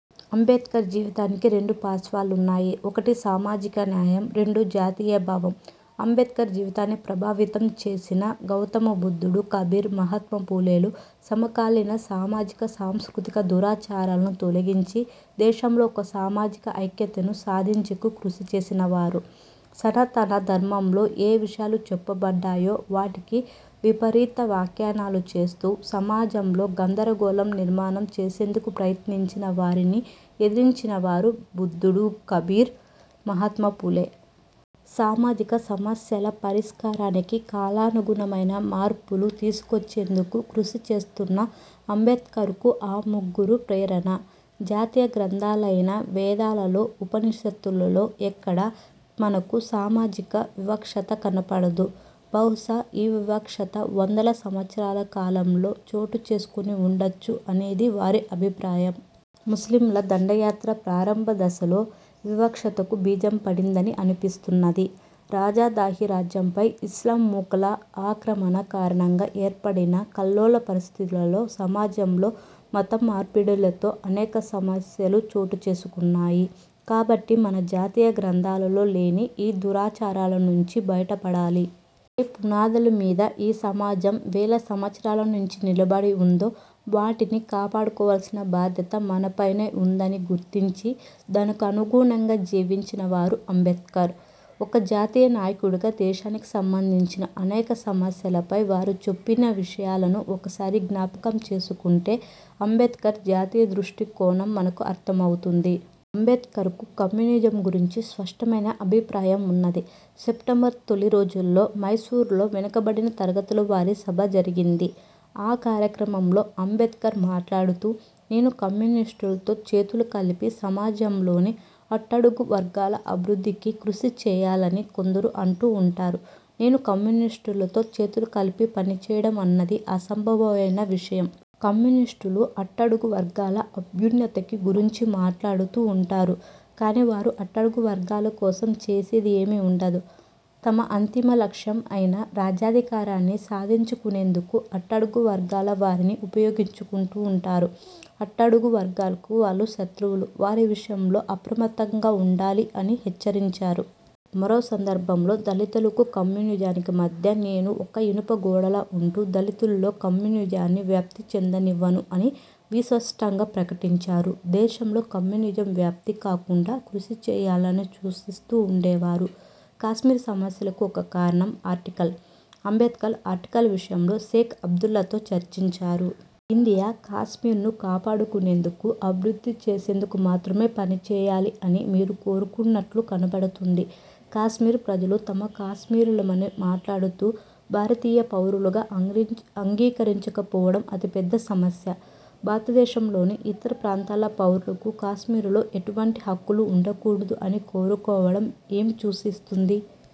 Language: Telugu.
అంబేడ్కర్ జీవితానికి రెండు పార్శ్వాలున్నాయి. ఒకటి సామాజిక న్యాయం, రెండు జాతీయ భావం. అంబేడ్కర్ జీవితాన్ని ప్రభావితం చేసిన గౌతమ బుద్దుడు, కబీర్, మహత్మఫూలేలు సమకాలీన సామాజిక సాంస్కృతిక దురాచారాలను తొలగించి దేశంలో ఒక సామాజిక ఐక్యతను సాధించేందకు కృషి చేసినవారు. సటతన ధర్మంలో ఏ విషయాలు చెప్పబడ్డాయో వాటికి విపరీత వ్యాఖ్యనాలు చేస్తూ సమాజంలో గందరగోళం నిర్మాణం చేసేందుకు ప్రయత్నించిన వారిని ఎదిరించినవారు బుద్ధుడు, కబీర్, మహత్మఫూలే. సామాజిక సమస్యల పరిష్కారానికి కాలనుగుణమైన మార్పులు తీసుకొచ్చేందుకు కృషి చేస్తున్న అంబేడ్కర్కు ఆ ముగ్గురు ప్రేరణ. భారతీయ గ్రంథాలైన వేదాలలో ఉపనిషత్తులలో ఎక్కడా మనకు సామాజిక వివక్షత కనపడదు. బహుశ ఈ వివక్షత –- వందల సంవత్సరాల కాలంలో చోటు చేసుకుని ఉండవచ్చు అనేది వారి అభిప్రాయం. ముస్లింల దండయాత్ర ప్రారంభ దశలో వివక్షతకు బీజం పడిందని అన్పిస్తున్నది. రాజా దాహీ రాజ్యంపై ఇస్లాం మూకల అక్రమణ కారణంగా ఏర్పడిన కల్లోల పరిస్థితులలో సమాజంలో మతం మార్పిడులతో అనేక సమస్యలు చోటుచేసుకున్నాయి. కాబట్టి మన జాతీయ గ్రంథాలలో లేని ఈ దురాచారాల నుంచి బయట పడాలి. ఏ పునాదుల మీద ఈ సమాజం వేల సంవత్సారాల నుంచి నిలబడి ఉందో వాటిని కాపాడుకోవాల్సిన బాధ్యత మనపైనే ఉన్నదని గుర్తించి, దనుగుణంగా జీవించిన వారు అంబేడ్కర్. ఒక జాతీయ నాయకుడిగా దేశానికి సంబంధించిన అనేక సమస్యలపై వారు చెప్పిన విషయాలను ఒకసారి జ్ఞాపకం చేసుకుంటే అంబేడ్కర్ జాతీయ దృష్టి కోణం మనకు అర్థమవుతుంది. అంబేడ్కర్కు కమ్యూనిజం గురించి స్పష్టమైన అభిప్రాయం ఉన్నది. సెప్టెంబర్ తొలి రోజుల్లో మైసూర్లో వెనుకబడిన తరగతుల వారి సభ జరిగింది. ఆ కార్యక్రమంలో అంబేడ్కర్ మాట్లాడుతూ 'నేను కమ్యూనిస్టులతో చేతులు కలిపి సమాజంలోని అట్టడుగు వర్గాల అభివృద్ధికి కృషి చేయాలని కొందరు అంటూ ఉంటారు. నేను కమ్యూనిస్టులతో చేతులు కలిపి పని చేయటం అనేది అసంభవమైన విషయం. కమ్యూనిస్టులు అట్టడుగు వర్గాల అభ్యున్నతి గురించి మాట్లాడుతూ ఉంటారు. కానీ వారు అట్టడుగు వర్గాల కోసం చేసేది ఏమీ ఉండదు. తమ అంతిమ లక్ష్యం అయిన రాజ్యాధికారాన్ని సాధించుకునేందుకు అట్టడుగు వర్గాల వారిని ఉపయోగించుకుంటారు. అట్టడుగు వర్గాలకు వాళ్లు శత్రువులు. వారి విషయంలో అప్రమత్తంగా ఉండాలి' అని హెచ్చరించారు. మరో సందర్భంలో 'దళితులకు కమ్యూనిజానికి మధ్య నేను ఒక ఇనుప గోడలా ఉంటూ దళితుల్లో కమ్యూనిజాన్ని వ్యాప్తి చెందనివ్వను' అని విస్పష్టంగా ప్రకటించారు. దేశంలో కమ్యూనిజం వ్యాప్తి కాకుండా కృషి చేయాలని సూచిస్తూ ఉండేవారు. కాశ్మీర్ సమస్యకు ఒక కారణం ఆర్టికల్. అంబేడ్కర్ ఆర్టికల్ విషయంలో షేక్ అబ్దుల్లాతో చర్చించారు. 'ఇండియా కాశ్మీర్ను కాపాడేందుకు, అభివృద్ధి చేసేందుకు మాత్రమే పని చేయాలి అని మీరు కోరుకుంటున్నట్లు కనబడుతోంది. కాశ్మీర్ ప్రజలు తామ కాశ్మీరులుమని మాట్లాడుతూ భారతీయ పౌరులుగా అంగీకరించకపోవటం అతి పెద్ద సమస్య. భారతదేశంలోని ఇతర ప్రాంతాల పౌరులుకు కాశ్మీరులో ఎటువంటి హక్కులు ఉండకూడదు అని కోరుకోవడాం ఏమి సూచిస్తుంది?